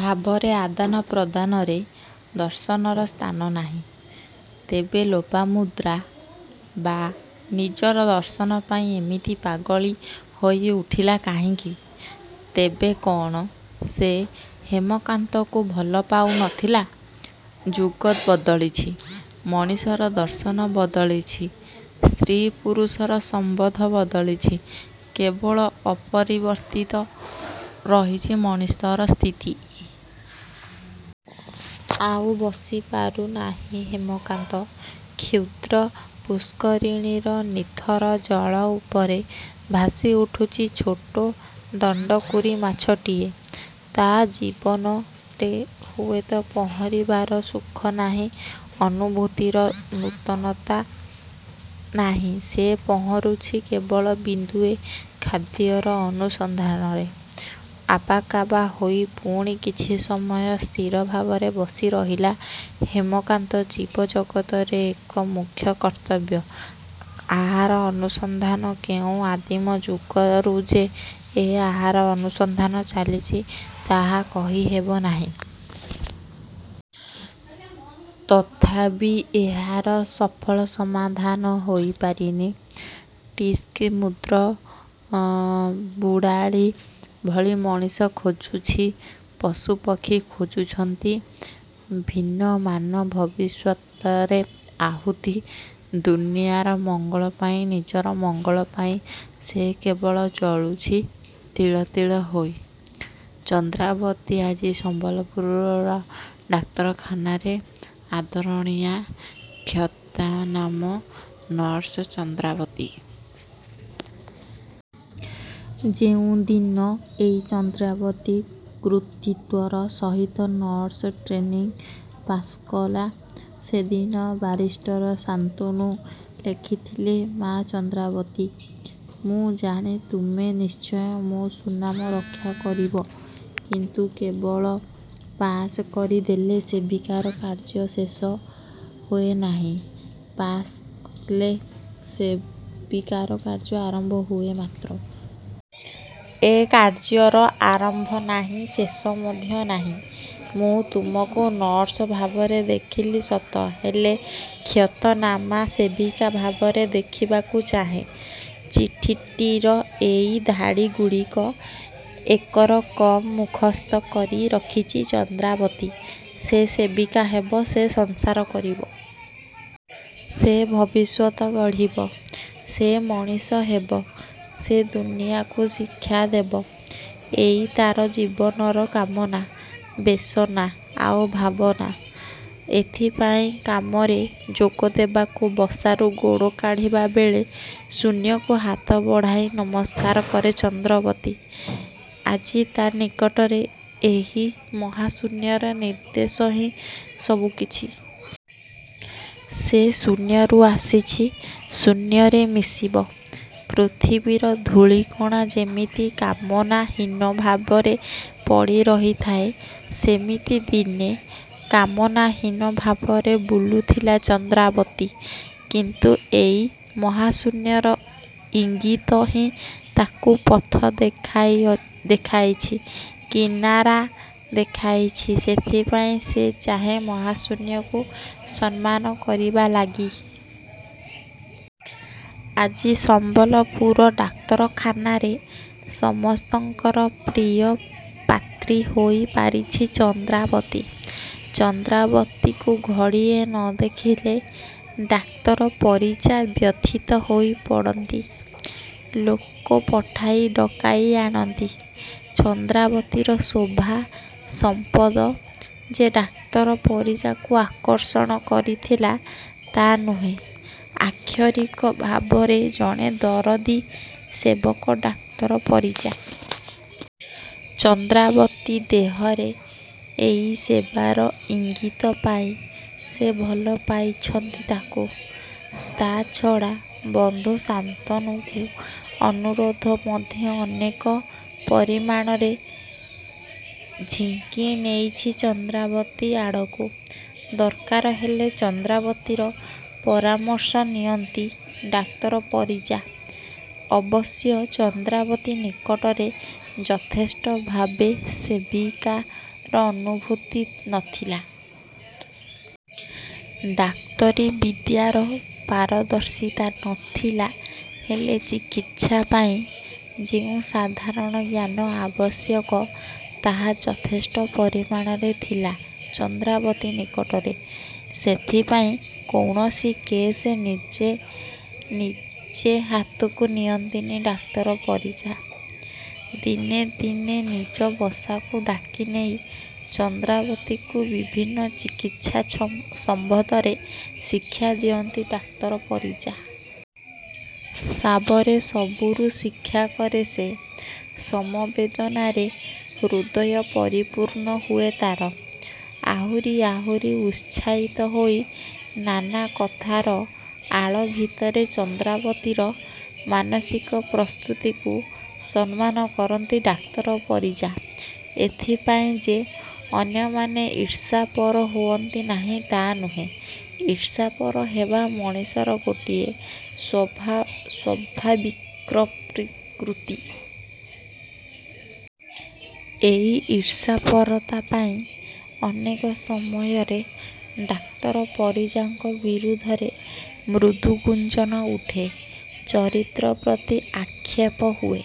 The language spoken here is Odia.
ଭାବରେ ଆଦାନ ପ୍ରଦାନରେ ଦର୍ଶନର ସ୍ଥାନ ନାହିଁ। ତେବେ ଲୋପାମୁଦ୍ରା। ବା ନିଜର ଦର୍ଶନ ପାଇଁ ଏମିତି ପାଗଳୀ ହୋଇ ଉଠିଲା କାହିଁକି? ତେବେ କ'ଣ ସେ ହେମକାନ୍ତକୁ ଭଲ ପାଉ ନ ଥିଲା ଯୁଗ ବଦଳିଛି... ମଣିଷର ଦର୍ଶନ ବଦଳିଛି ସ୍ତ୍ରୀ ପୁରୁଷର ସମ୍ବନ୍ଧ ବଦଳିଛି କେବଳ ଅପରିବର୍ତ୍ତିତ ରହିଛି ମଣିଷର ସ୍ଥିତି। ଆଉ ବସି ପାରୁନାହିଁ ହେମକାନ୍ତ। କ୍ଷୁଦ୍ର ପୁଷ୍କରିଣୀର ନିଥର ଜଳ ଉପରେ ଭାସିଉଠୁଛି ଛୋଟ ଦଣ୍ଡ କୁରୀ ମାଛଟିଏ। ତା' ଜୀବନରେ ହୁଏତ ପହଁରିବାର ସୁଖ ନାହିଁ ଅନୁଭୂତିର ନୂତନତା ନାହିଁ ସେ ପହଁରୁଛି କେବଳ ବିନ୍ଦୁଏ ଖାଦ୍ୟର ଅନୁସନ୍ଧାନରେ। ଆବାକାବା ହୋଇ ପୁଣି କିଛି ସମୟ ସ୍ଥିର ଭାବରେ ବସି ରହିଲା ହେମକାନ୍ତ ଜୀବ ଜଗତର ଏକ ମୁଖ୍ୟ କର୍ତ୍ତବ୍ୟ ଆହାର ଅନୁସନ୍ଧାନ କେଉଁ ଆଦିମ ଯୁଗରୁ ଯେ ଏ ଆହାର ଅନୁସନ୍ଧାନ ଚାଲିଛି ତାହା କହି ହେବନାହିଁ। ତଥାବି ଏହାର ସଫଳ ସମାଧାନ ହୋଇପାରିନି। ଟିକ୍ସମୁଦ୍ର ବୁଡ଼ାଳି ଭଳି ମଣିଷ ଖୋଜୁଛି ପଶୁ ପକ୍ଷୀ ଖୋଜୁଛନ୍ତି। ଭିନମାନ ଭବିଷ୍ୟତରେ ଆହୂତି। ଦୁନିଆର ମଙ୍ଗଳ ପାଇଁ ନିଜର ମଙ୍ଗଳ ପାଇଁ ସେ କେବଳ ଜଳୁଛି ତିଳ ତିଳ ହୋଇ। ଚନ୍ଦ୍ରାବତୀ ଆଜି ସମ୍ବଲପୁର ଡାକ୍ତରଖାନାରେ ଆଦରଣୀୟା ଖ୍ୟାତନାମ ନର୍ସ ଚନ୍ଦ୍ରାବତୀ। ଯେଉଁଦିନ ଏଇ ଚନ୍ଦ୍ରାବତୀ କୃତୀତ୍ୱର ସହିତ ନର୍ସ ଟ୍ରେନିଂ ପାଶ୍କଲା ସେଦିନ ବାରିଷ୍ଟର ଶାନ୍ତନୁ ଲେଖିଥିଲେ"ମା ଚନ୍ଦ୍ରାବତୀ! ମୁଁ ଜାଣେ ତୁମେ ନିଶ୍ଚୟ ମୋ ସୁନାମ ରକ୍ଷା କରିବ। କିନ୍ତୁ କେବଳ ପାଶ୍ କରିଦେଲେ ସେବିକାର କାର୍ଯ୍ୟ ଶେଷ ହୁଏନାହିଁ। ପାଶ୍କଲେ ସେବିକାର କାର୍ଯ୍ୟ ଆରମ୍ଭ ହୁଏ ମାତ୍ର। ଏ କାର୍ଯ୍ୟର ଆରମ୍ଭ ନାହିଁ ଶେଷ ମଧ୍ୟ ନାହିଁ। ମୁଁ ତୁମକୁ ନର୍ସ ଭାବରେ ଦେଖିଲି ସତ ହେଲେ ଖ୍ୟତନାମା ସେବିକା ଭାବରେ ଦେଖିବାକୁ ଚାହେଁ। ଚିଠିଟିର ଏଇ ଧାଡ଼ିଗୁଡ଼ିକ ଏକରକମ୍ ମୁଖସ୍ତ କରି ରଖିଛି ଚନ୍ଦ୍ରାବତୀ। ସେ ସେବିକା ହେବ। ସେ ସଂସାର କରିବ। ସେ ଭବିଷ୍ୟତ ଗଢ଼ିବ। ସେ ମଣିଷ ହେବ। ସେ ଦୁନିଆଁକୁ ଶିକ୍ଷା ଦେବ। ଏଇ ତା'ର ଜୀବନର କାମନା. ବେସନା ଆଉ ଭାବନା। ଏଥିପାଇଁ କାମରେ ଯୋଗଦେବାକୁ ବସାରୁ ଗୋଡ଼ କାଢ଼ିବାବେଳେ ଶୂନ୍ୟକୁ ହାତ ବଢ଼ାଇ ନମସ୍କାର କରେ ଚନ୍ଦ୍ରବତୀ। ଆଜି ତା' ନିକଟରେ ଏହି ମହାଶୂନ୍ୟର ନିର୍ଦ୍ଦେଶ ହିଁ ସବୁକିଛି। ସେ ଶୂନ୍ୟରୁ ଆସିଛି ଶୂନ୍ୟରେ ମିଶିବ। ପୃଥିବୀର ଧୂଳିକଣା ଯେମିତି କାମନାହୀନ ଭାବରେ ପଡ଼ି ରହିଥାଏ ସେମିତି ଦିନେ କାମନାହୀନ ଭାବରେ ବୁଲୁଥିଲା ଚନ୍ଦ୍ରାବତୀ। କିନ୍ତୁ ଏଇ ମହାଶୂନ୍ୟର ଇଙ୍ଗୀତ ହିଁ ତାକୁ ପଥ ଦେଖାଇଛି କିନାରା ଦେଖାଇଛି। ସେଥିପାଇଁ ସେ ଚାହେଁ ମହାଶୂନ୍ୟକୁ ସମ୍ମାନ କରିବା ଲାଗି। ଆଜି ସମ୍ଭଲପୁର ଡାକ୍ତରଖାନାରେ ସମସ୍ତଙ୍କର ପ୍ରିୟପାତ୍ରୀ ହୋଇ ପାରିଛି ଚନ୍ଦ୍ରାବତୀ। ଚନ୍ଦ୍ରାବତୀକୁ ଘଡ଼ିଏ ନ ଦେଖିଲେ ଡାକ୍ତର ପରିଜା ବ୍ୟଥିତ ହୋଇ ପଡ଼ନ୍ତି। ଲୋକ ପଠାଇ ଡ଼କାଇ ଆଣନ୍ତି। ଚନ୍ଦ୍ରାବତୀର ଶୋଭା ସମ୍ପଦ ଯେ ଡାକ୍ତର ପରିଜାଙ୍କୁ ଆକର୍ଷଣ କରିଥିଲା ତା' ନୁହେଁ ଆକ୍ଷରିକ ଭାବେ ଜଣେ ଦରଦୀ ସେବକ ଡାକ୍ତର ପରିଜା। ଚନ୍ଦ୍ରାବତୀ ଦେହରେ ଏଇ ସେବାର ଇଙ୍ଗୀତ ପାଇ ସେ ଭଲ ପାଇଛନ୍ତି ତାକୁ। ତା'ଛଡ଼ା ବନ୍ଧୁ ଶାନ୍ତନୁଙ୍କ ଅନୁରୋଧ ମଧ୍ୟ ଅନେକ ପରିମାଣରେ ଝିଙ୍କି ନେଇଛି ଚନ୍ଦ୍ରାବତୀ ଆଡ଼କୁ। ଦରକାର ହେଲେ ଚନ୍ଦ୍ରାବତୀର ପରାମର୍ଶ ନିଅନ୍ତି ଡାକ୍ତର ପରିଜା। ଅବଶ୍ୟ ଚନ୍ଦ୍ରାବତୀ ନିକଟରେ ଯଥେଷ୍ଟ ଭାବେ ସେବିକାର ଅନୁଭୁତି ନ ଥିଲା। ଡାକ୍ତରୀ ବିଦ୍ୟାର ପାରଦର୍ଶିତା ନ ଥିଲା ହେଲେ ଚିକିତ୍ସା ପାଇଁ ଯେଉଁ ସାଧାରଣ ଜ୍ଞାନ ଆବଶ୍ୟକ ତାହା ଯଥେଷ୍ଟ ପରିମାଣରେ ଥିଲା ଚନ୍ଦ୍ରାବତୀ ନିକଟରେ। ସେଥିପାଇଁ କୌଣସି କେସ୍ ନିଜେ ନିଜେ ହାତକୁ ନିଅନ୍ତିନି ଡାକ୍ତର ପରିଜା। ଦିନେ ଦିନେ ନିଜ ବସାକୁ ଡ଼ାକିନେଇ ଚନ୍ଦ୍ରାବତୀକୁ ବିଭିନ୍ନ ଚିକିତ୍ସା ସମ୍ବନ୍ଧରେ ଶିକ୍ଷା ଦିଅନ୍ତି ଡାକ୍ତର ପରିଜା। ସାବରେ ସବୁରୁ ଶିକ୍ଷାକରେ ସେ। ସମବେଦନାରେ ହୃଦୟ ପରିପୂର୍ଣ୍ଣ ହୁଏ ତା'ର। ଆହୁରି ଆହୁରି ଉତ୍ସାହିତ ହୋଇ ନାନା କଥାର ଆଳ ଭିତରେ ଚନ୍ଦ୍ରାବତୀର ମାନସିକ ପ୍ରସ୍ତୁତିକୁ ସମ୍ମାନ କରନ୍ତି ଡାକ୍ତର ପରିଜା। ଏଥିପାଇଁ ଯେ ଅନ୍ୟମାନେ ଈର୍ଷାପର ହୁଅନ୍ତି ନାହିଁ ତା'ନୁହେଁ। ଈର୍ଷାପର ହେବା ମଣିଷର ଗୋଟିଏ ସ୍ୱଭାବିକ୍ପ୍ରକୃତି। ଏଇ ଈର୍ଷାପରତା ପାଇଁ ଅନେକ ସମୟରେ ଡାକ୍ତର ପରିଜାଙ୍କ ବିରୁଦ୍ଧରେ ମୃଦୁଗୁଞ୍ଜନ ଉଠେ। ଚରିତ୍ର ପ୍ରତି ଆକ୍ଷେପ ହୁଏ।